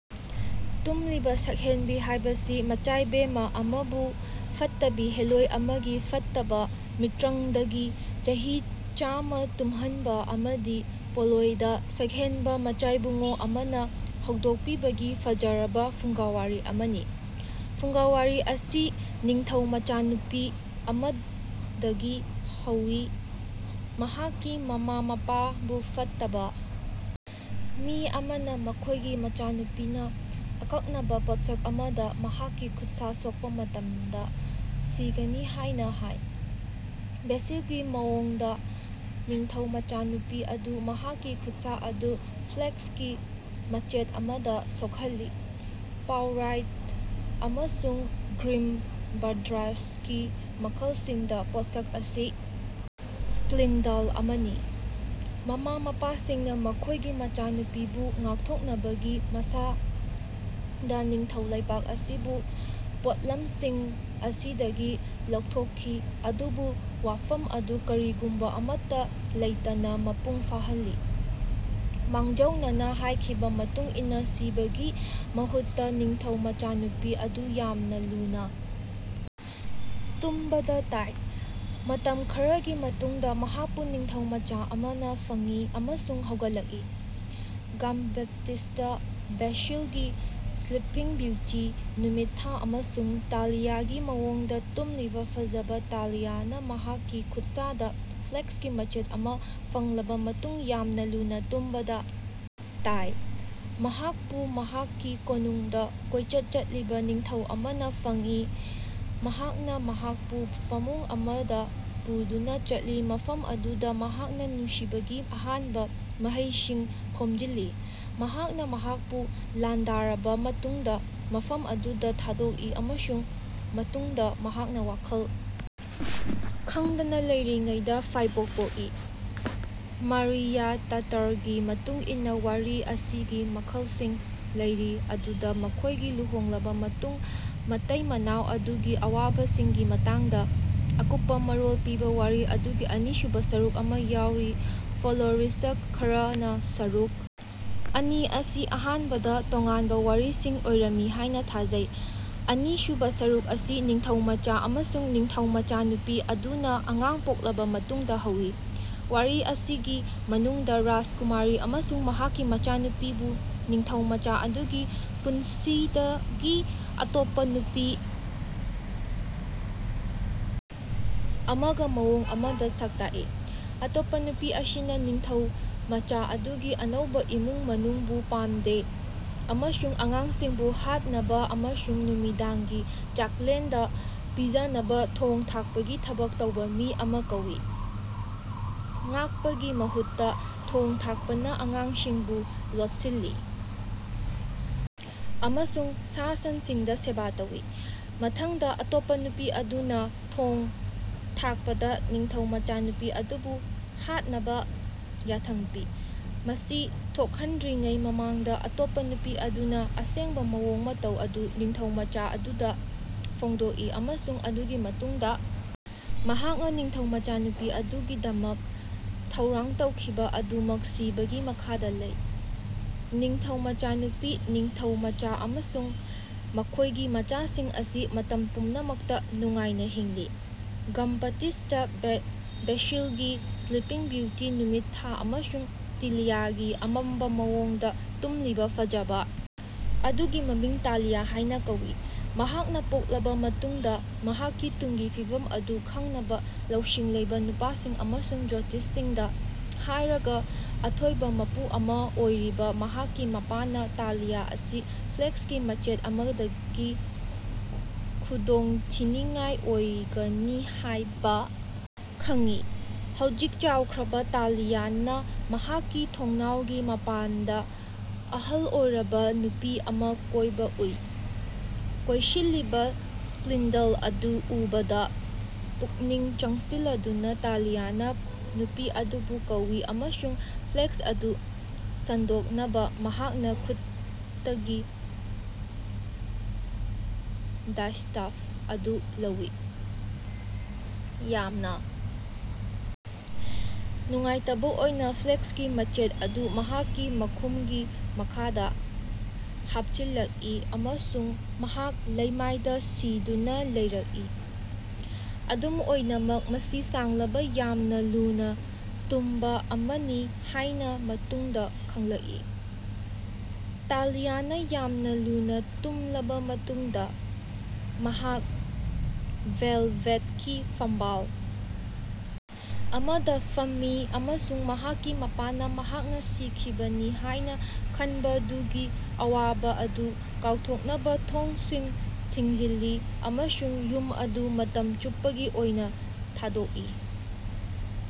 ꯇꯨꯝꯂꯤꯕꯤ ꯁꯛꯍꯦꯟꯕꯤ ꯍꯥꯏꯕꯁꯤ ꯃꯆꯥꯏꯕꯦꯝꯃ ꯑꯃꯕꯨ ꯐꯠꯇꯕꯤ ꯍꯦꯂꯣꯢ ꯑꯃꯒꯤ ꯐꯠꯇꯕ ꯃꯤꯠꯇ꯭ꯔꯪꯗꯒꯤ ꯆꯍꯤ ꯆꯥꯝꯃ ꯇꯨꯝꯍꯟꯕ ꯑꯃꯗꯤ ꯄꯣꯂꯣꯢꯗ ꯁꯛꯍꯦꯟꯕ ꯃꯆꯥꯏꯕꯨꯡꯉꯣ ꯑꯃꯅ ꯍꯧꯗꯣꯛꯄꯤꯕꯒꯤ ꯐꯖꯔꯕ ꯐꯨꯡꯒꯥꯋꯥꯔꯤ ꯑꯃꯅꯤ꯫ ꯐꯨꯡꯒꯥ ꯋꯥꯔꯤ ꯑꯁꯤ ꯅꯤꯡꯊꯧ ꯃꯆꯥꯅꯨꯄꯤ ꯑꯃꯗꯒꯤ ꯍꯧꯏ ꯃꯍꯥꯛꯀꯤ ꯃꯃꯥ ꯃꯄꯥꯕꯨ ꯐꯠꯇꯕ ꯃꯤ ꯑꯃꯅ ꯃꯈꯣꯏꯒꯤ ꯃꯆꯥꯅꯨꯄꯤꯅ ꯑꯀꯛꯅꯕ ꯄꯣꯠꯁꯛ ꯑꯃꯗ ꯃꯍꯥꯛꯀꯤ ꯈꯨꯠꯁꯥ ꯁꯣꯛꯄ ꯃꯇꯝꯗ ꯁꯤꯒꯅꯤ ꯍꯥꯏꯅ ꯍꯥꯏ꯫ ꯕꯦꯁꯤꯜꯒꯤ ꯃꯑꯣꯡꯗ ꯅꯤꯡꯊꯧ ꯃꯆꯥꯅꯨꯄꯤ ꯑꯗꯨ ꯃꯍꯥꯛꯀꯤ ꯈꯨꯠꯁꯥ ꯑꯗꯨ ꯐ꯭ꯂꯦꯛꯁꯀꯤ ꯃꯆꯦꯠ ꯑꯃꯗ ꯁꯣꯛꯍꯜꯂꯤ꯫ ꯄꯥꯎꯔꯥꯏꯠ ꯑꯃꯁꯨꯡ ꯀ꯭ꯔꯤꯝ ꯕ꯭ꯔꯗꯔꯁꯀꯤ ꯃꯈꯜꯁꯤꯡꯗ ꯄꯣꯠꯁꯛ ꯑꯁꯤ ꯁ꯭ꯄꯂꯤꯟꯗꯜ ꯑꯃꯅꯤ꯫ ꯃꯃꯥ ꯃꯄꯥꯁꯤꯡꯅ ꯃꯈꯣꯏꯒꯤ ꯃꯆꯥꯅꯨꯄꯤꯕꯨ ꯉꯥꯛꯊꯣꯛꯅꯕꯒꯤ ꯃꯁꯥꯗ ꯅꯤꯡꯊꯧ ꯂꯩꯕꯥꯛ ꯑꯁꯤꯕꯨ ꯄꯣꯠꯂꯝꯁꯤꯡ ꯑꯁꯤꯗꯒꯤ ꯂꯧꯊꯣꯛꯈꯤ ꯑꯗꯨꯕꯨ ꯋꯥꯐꯝ ꯑꯗꯨ ꯀꯔꯤꯒꯨꯝꯕ ꯑꯃꯠꯇ ꯂꯩꯇꯅ ꯃꯄꯨꯡ ꯐꯥꯍꯜꯂꯤ꯫ ꯃꯥꯡꯖꯧꯅꯅ ꯍꯥꯏꯈꯤꯕ ꯃꯇꯨꯡ ꯏꯟꯅ ꯁꯤꯕꯒꯤ ꯃꯍꯨꯠꯇ ꯅꯤꯡꯊꯧ ꯃꯆꯥꯅꯨꯄꯤ ꯑꯗꯨ ꯌꯥꯝꯅ ꯂꯨꯅ ꯇꯨꯝꯕꯗ ꯇꯥꯏ꯫ ꯃꯇꯝ ꯈꯔꯒꯤ ꯃꯇꯨꯡꯗ ꯃꯍꯥꯛꯄꯨ ꯅꯤꯡꯊꯧꯃꯆꯥ ꯑꯃꯅ ꯐꯪꯏ ꯑꯃꯁꯨꯡ ꯍꯧꯒꯠꯂꯛꯏ꯫ ꯒꯥꯝꯕꯥꯇꯤꯁꯇꯥ ꯕꯦꯁꯤꯜꯒꯤ ꯁ꯭ꯂꯤꯄꯤꯡ ꯕ꯭ꯌꯨꯇꯤ ꯅꯨꯃꯤꯠ ꯊꯥ ꯑꯃꯁꯨꯡ ꯇꯥꯂꯤꯌꯥꯒꯤ ꯃꯑꯣꯡꯗ ꯇꯨꯝꯂꯤꯕ ꯐꯖꯕ ꯇꯥꯂꯤꯌꯥꯅ ꯃꯍꯥꯛꯀꯤ ꯈꯨꯠꯁꯥꯗ ꯐ꯭ꯂꯦꯛꯁꯀꯤ ꯃꯆꯦꯠ ꯑꯃ ꯐꯪꯂꯕ ꯃꯇꯨꯡ ꯌꯥꯝꯅ ꯂꯨꯅ ꯇꯨꯝꯕꯗ ꯇꯥꯏ꯫ ꯃꯍꯥꯛꯄꯨ ꯃꯍꯥꯛꯀꯤ ꯀꯣꯅꯨꯡꯗ ꯀꯣꯏꯆꯠ ꯆꯠꯂꯤꯕ ꯅꯤꯡꯊꯧ ꯑꯃꯅ ꯐꯪꯉꯤ ꯃꯍꯥꯛꯅ ꯃꯍꯥꯛꯄꯨ ꯐꯃꯨꯡ ꯑꯃꯗ ꯄꯨꯗꯨꯅ ꯆꯠꯂꯤ ꯃꯐꯝ ꯑꯗꯨꯗ ꯃꯍꯥꯛꯅ ꯅꯨꯡꯁꯤꯕꯒꯤ ꯑꯍꯥꯟꯕ ꯃꯍꯩꯁꯤꯡ ꯈꯣꯝꯖꯤꯜꯂꯤ꯫ ꯃꯍꯥꯛꯅ ꯃꯍꯥꯛꯄꯨ ꯂꯥꯟꯗꯥꯔꯕ ꯃꯇꯨꯡꯗ ꯃꯐꯝ ꯑꯗꯨꯗ ꯊꯥꯗꯣꯛꯏ ꯑꯃꯁꯨꯡ ꯃꯇꯨꯡꯗ ꯃꯍꯥꯛꯅ ꯋꯥꯈꯜ ꯈꯪꯗꯅ ꯂꯩꯔꯤꯉꯩꯗ ꯐꯥꯏꯕꯣꯛ ꯄꯣꯛꯏ꯫ ꯃꯥꯔꯤꯌꯥ ꯇꯥꯇꯔꯒꯤ ꯃꯇꯨꯡ ꯏꯟꯅ ꯋꯥꯔꯤ ꯑꯁꯤꯒꯤ ꯃꯈꯜꯁꯤꯡ ꯂꯩꯔꯤ ꯑꯗꯨꯗ ꯃꯈꯣꯏꯒꯤ ꯂꯨꯍꯣꯡꯂꯕ ꯃꯇꯨꯡ ꯃꯇꯩ ꯃꯅꯥꯎ ꯑꯗꯨꯒꯤ ꯑꯋꯥꯕꯁꯤꯡꯒꯤ ꯃꯇꯥꯡꯗ ꯑꯀꯨꯞꯄ ꯃꯔꯣꯜ ꯄꯤꯕ ꯋꯥꯔꯤ ꯑꯗꯨꯒꯤ ꯑꯅꯤꯁꯨꯕ ꯁꯔꯨꯛ ꯑꯃ ꯌꯥꯎꯔꯤ ꯐꯣꯛꯂꯣꯔꯤꯁ꯭ꯠ ꯈꯔꯅ ꯁꯔꯨꯛ ꯑꯅꯤ ꯑꯁꯤ ꯑꯍꯥꯟꯕꯗ ꯇꯣꯉꯥꯟꯕ ꯋꯥꯔꯤꯁꯤꯡ ꯑꯣꯏꯔꯝꯃꯤ ꯍꯥꯏꯅ ꯊꯥꯖꯩ꯫ ꯑꯅꯤꯁꯨꯕ ꯁꯔꯨꯛ ꯑꯁꯤ ꯅꯤꯡꯊꯧꯃꯆꯥ ꯑꯃꯁꯨꯡ ꯅꯤꯡꯊꯧ ꯃꯆꯥꯅꯨꯄꯤ ꯑꯗꯨꯅ ꯑꯉꯥꯡ ꯄꯣꯛꯂꯕ ꯃꯇꯨꯡꯗ ꯍꯧꯏ꯫ ꯋꯥꯔꯤ ꯑꯁꯤꯒꯤ ꯃꯅꯨꯡꯗ ꯔꯥꯖꯀꯨꯃꯥꯔꯤ ꯑꯃꯁꯨꯡ ꯃꯍꯥꯛꯀꯤ ꯃꯆꯥꯅꯨꯄꯤꯕꯨ ꯅꯤꯡꯊꯧ ꯃꯆꯥ ꯑꯗꯨꯒꯤ ꯄꯨꯟꯁꯤꯗꯒꯤ ꯑꯇꯣꯞꯄ ꯅꯨꯄꯤ ꯑꯃꯒ ꯃꯑꯣꯡ ꯑꯃꯗ ꯁꯛꯇꯥꯛꯏ꯫ ꯑꯇꯣꯞꯄ ꯅꯨꯄꯤ ꯑꯁꯤꯅ ꯅꯤꯡꯊꯧꯃꯆꯥ ꯑꯗꯨꯒꯤ ꯑꯅꯧꯕ ꯏꯃꯨꯡ ꯃꯅꯨꯡꯕꯨ ꯄꯥꯝꯗꯦ ꯑꯃꯁꯨꯡ ꯑꯉꯥꯡꯁꯤꯡꯕꯨ ꯍꯥꯠꯅꯕ ꯑꯃꯁꯨꯡ ꯅꯨꯃꯤꯗꯥꯡꯒꯤ ꯆꯥꯛꯂꯦꯟꯗ ꯄꯤꯖꯅꯕ ꯊꯣꯡ ꯊꯥꯛꯄꯒꯤ ꯊꯕꯛ ꯇꯧꯕ ꯃꯤ ꯑꯃ ꯀꯧꯏ꯫ ꯉꯥꯛꯄꯒꯤ ꯃꯍꯨꯠꯇ ꯊꯣꯡ ꯊꯥꯛꯄꯅ ꯑꯉꯥꯡꯁꯤꯡꯕꯨ ꯂꯣꯠꯁꯤꯜꯂꯤ ꯑꯃꯁꯨꯡ ꯁꯥ ꯁꯟꯁꯤꯡꯗ ꯁꯦꯕꯥ ꯇꯧꯏ꯫ ꯃꯊꯪꯗ ꯑꯇꯣꯞꯄ ꯅꯨꯄꯤ ꯑꯗꯨꯅ ꯊꯣꯡ ꯊꯥꯛꯄꯗ ꯅꯤꯡꯊꯧ ꯃꯆꯥꯅꯨꯄꯤ ꯑꯗꯨꯕꯨ ꯍꯥꯠꯅꯕ ꯌꯥꯊꯪ ꯄꯤ꯫ ꯃꯁꯤ ꯊꯣꯛꯍꯟꯗ꯭ꯔꯤꯉꯩ ꯃꯃꯥꯡꯗ ꯑꯇꯣꯞꯄ ꯅꯨꯄꯤ ꯑꯗꯨꯅ ꯑꯁꯦꯡꯕ ꯃꯑꯣꯡ ꯃꯇꯧ ꯑꯗꯨ ꯅꯤꯡꯊꯧꯃꯆꯥ ꯑꯗꯨꯗ ꯐꯣꯡꯗꯣꯛꯏ ꯑꯃꯁꯨꯡ ꯑꯗꯨꯒꯤ ꯃꯇꯨꯡꯗ ꯃꯍꯥꯛꯅ ꯅꯤꯡꯊꯧ ꯃꯆꯥꯅꯨꯄꯤ ꯑꯗꯨꯒꯤꯗꯃꯛ ꯊꯧꯔꯥꯡ ꯇꯧꯈꯤꯕ ꯑꯗꯨꯃꯛ ꯁꯤꯕꯒꯤ ꯃꯈꯥꯗ ꯂꯩ꯫ ꯅꯤꯡꯊꯧ ꯃꯆꯥꯅꯨꯄꯤ ꯅꯤꯡꯊꯧꯃꯆꯥ ꯑꯃꯁꯨꯡ ꯃꯈꯣꯏꯒꯤ ꯃꯆꯥꯁꯤꯡ ꯑꯁꯤ ꯃꯇꯝ ꯄꯨꯝꯅꯃꯛꯇ ꯅꯨꯡꯉꯥꯏꯅ ꯍꯤꯡꯂꯤ꯫ ꯒꯝꯕꯥꯇꯤꯁꯇꯥ ꯕꯦ ꯕꯦꯁꯤꯜꯒꯤ ꯁ꯭ꯂꯤꯄꯤꯡ ꯕꯤꯌꯨꯇꯤ ꯅꯨꯃꯤꯠ ꯊꯥ ꯑꯃꯁꯨꯡ ꯇꯤꯂꯤꯌꯥꯒꯤ ꯑꯃꯝꯕ ꯃꯑꯣꯡꯗ ꯇꯨꯝꯂꯤꯕ ꯐꯖꯕ ꯑꯗꯨꯒꯤ ꯃꯃꯤꯡ ꯇꯥꯂꯤꯌꯥ ꯍꯥꯏꯅ ꯀꯧꯏ꯫ ꯃꯍꯥꯛꯅ ꯄꯣꯛꯂꯕ ꯃꯇꯨꯡꯗ ꯃꯍꯥꯛꯀꯤ ꯇꯨꯡꯒꯤ ꯐꯤꯕꯝ ꯑꯗꯨ ꯈꯪꯅꯕ ꯂꯧꯁꯤꯡ ꯂꯩꯕ ꯅꯨꯄꯥꯁꯤꯡ ꯑꯃꯁꯨꯡ ꯖ꯭ꯌꯣꯇꯤꯁꯁꯤꯡꯗ ꯍꯥꯏꯔꯒ ꯑꯊꯣꯏꯕ ꯃꯄꯨ ꯑꯃꯥ ꯑꯣꯏꯔꯤꯕ ꯃꯍꯥꯛꯀꯤ ꯃꯄꯥꯅ ꯇꯥꯂꯤꯌꯥ ꯑꯁꯤ ꯐ꯭ꯂꯦꯛꯁꯀꯤ ꯃꯆꯦꯠ ꯑꯃꯗꯒꯤ ꯈꯨꯗꯣꯡꯊꯤꯅꯤꯡꯉꯥꯏ ꯑꯣꯏꯒꯅꯤ ꯍꯥꯏꯕ ꯈꯪꯉꯤ꯫ ꯍꯧꯖꯤꯛ ꯆꯥꯎꯈ꯭ꯔꯕ ꯇꯥꯂꯤꯌꯥꯅ ꯃꯍꯥꯛꯀꯤ ꯊꯣꯡꯅꯥꯎꯒꯤ ꯃꯄꯥꯟꯗ ꯑꯍꯜ ꯑꯣꯏꯔꯕ ꯅꯨꯄꯤ ꯑꯃ ꯀꯣꯏꯕ ꯎꯏ꯫ ꯀꯣꯏꯁꯤꯜꯂꯤꯕ ꯁ꯭ꯄꯂꯤꯟꯗꯜ ꯑꯗꯨ ꯎꯕꯗ ꯄꯨꯛꯅꯤꯡ ꯆꯪꯁꯤꯜꯂꯗꯨꯅ ꯇꯥꯂꯤꯌꯥꯅ ꯅꯨꯄꯤ ꯑꯗꯨꯕꯨ ꯀꯧꯋꯤ ꯑꯃꯁꯨꯡ ꯐ꯭ꯂꯦꯛꯁ ꯑꯗꯨ ꯁꯟꯗꯣꯛꯅꯕ ꯃꯍꯥꯛꯀꯤ ꯈꯨꯠꯇꯒꯤ ꯗꯥꯏꯁ꯭ꯇꯥꯐ ꯑꯗꯨ ꯂꯧꯋꯤ꯫ ꯌꯥꯝꯅ ꯅꯨꯡꯉꯥꯏꯇꯕ ꯑꯣꯏꯅ ꯐ꯭ꯂꯦꯛꯁꯀꯤ ꯃꯆꯦꯠ ꯑꯗꯨ ꯃꯍꯥꯛꯀꯤ ꯃꯈꯨꯝꯒꯤ ꯃꯈꯥꯗ ꯍꯥꯞꯆꯤꯜꯂꯛꯏ ꯑꯃꯁꯨꯡ ꯃꯍꯥꯛ ꯂꯩꯃꯥꯏꯗ ꯁꯤꯗꯨꯅ ꯂꯩꯔꯛꯏ ꯑꯗꯨꯝ ꯑꯣꯏꯅꯃꯛ ꯃꯁꯤ ꯁꯥꯡꯂꯕ ꯌꯥꯝꯅ ꯂꯨꯅ ꯇꯨꯝꯕ ꯑꯃꯅꯤ ꯍꯥꯏꯅ ꯃꯇꯨꯡꯗ ꯈꯪꯂꯛꯏ꯫ ꯇꯥꯂꯤꯌꯥꯅ ꯌꯥꯝꯅ ꯂꯨꯅ ꯇꯨꯝꯂꯕ ꯃꯇꯨꯡꯗ ꯃꯍꯥꯛ ꯚꯦꯜꯚꯦꯠꯀꯤ ꯐꯝꯕꯥꯜ ꯑꯃꯗ ꯐꯝꯃꯤ ꯑꯃꯁꯨꯡ ꯃꯍꯥꯛꯀꯤ ꯃꯄꯥꯅ ꯃꯍꯥꯛꯅ ꯁꯤꯈꯤꯕꯅꯤ ꯍꯥꯏꯅ ꯈꯟꯕꯗꯨꯒꯤ ꯑꯋꯥꯕ ꯑꯗꯨ ꯀꯥꯎꯊꯣꯛꯅꯕ ꯊꯣꯡꯁꯤꯡ ꯊꯤꯡꯖꯤꯜꯂꯤ ꯑꯃꯁꯨꯡ ꯌꯨꯝ ꯑꯗꯨ ꯃꯇꯝ ꯆꯨꯞꯄꯒꯤ ꯑꯣꯏꯅ ꯊꯥꯗꯣꯛꯏ꯫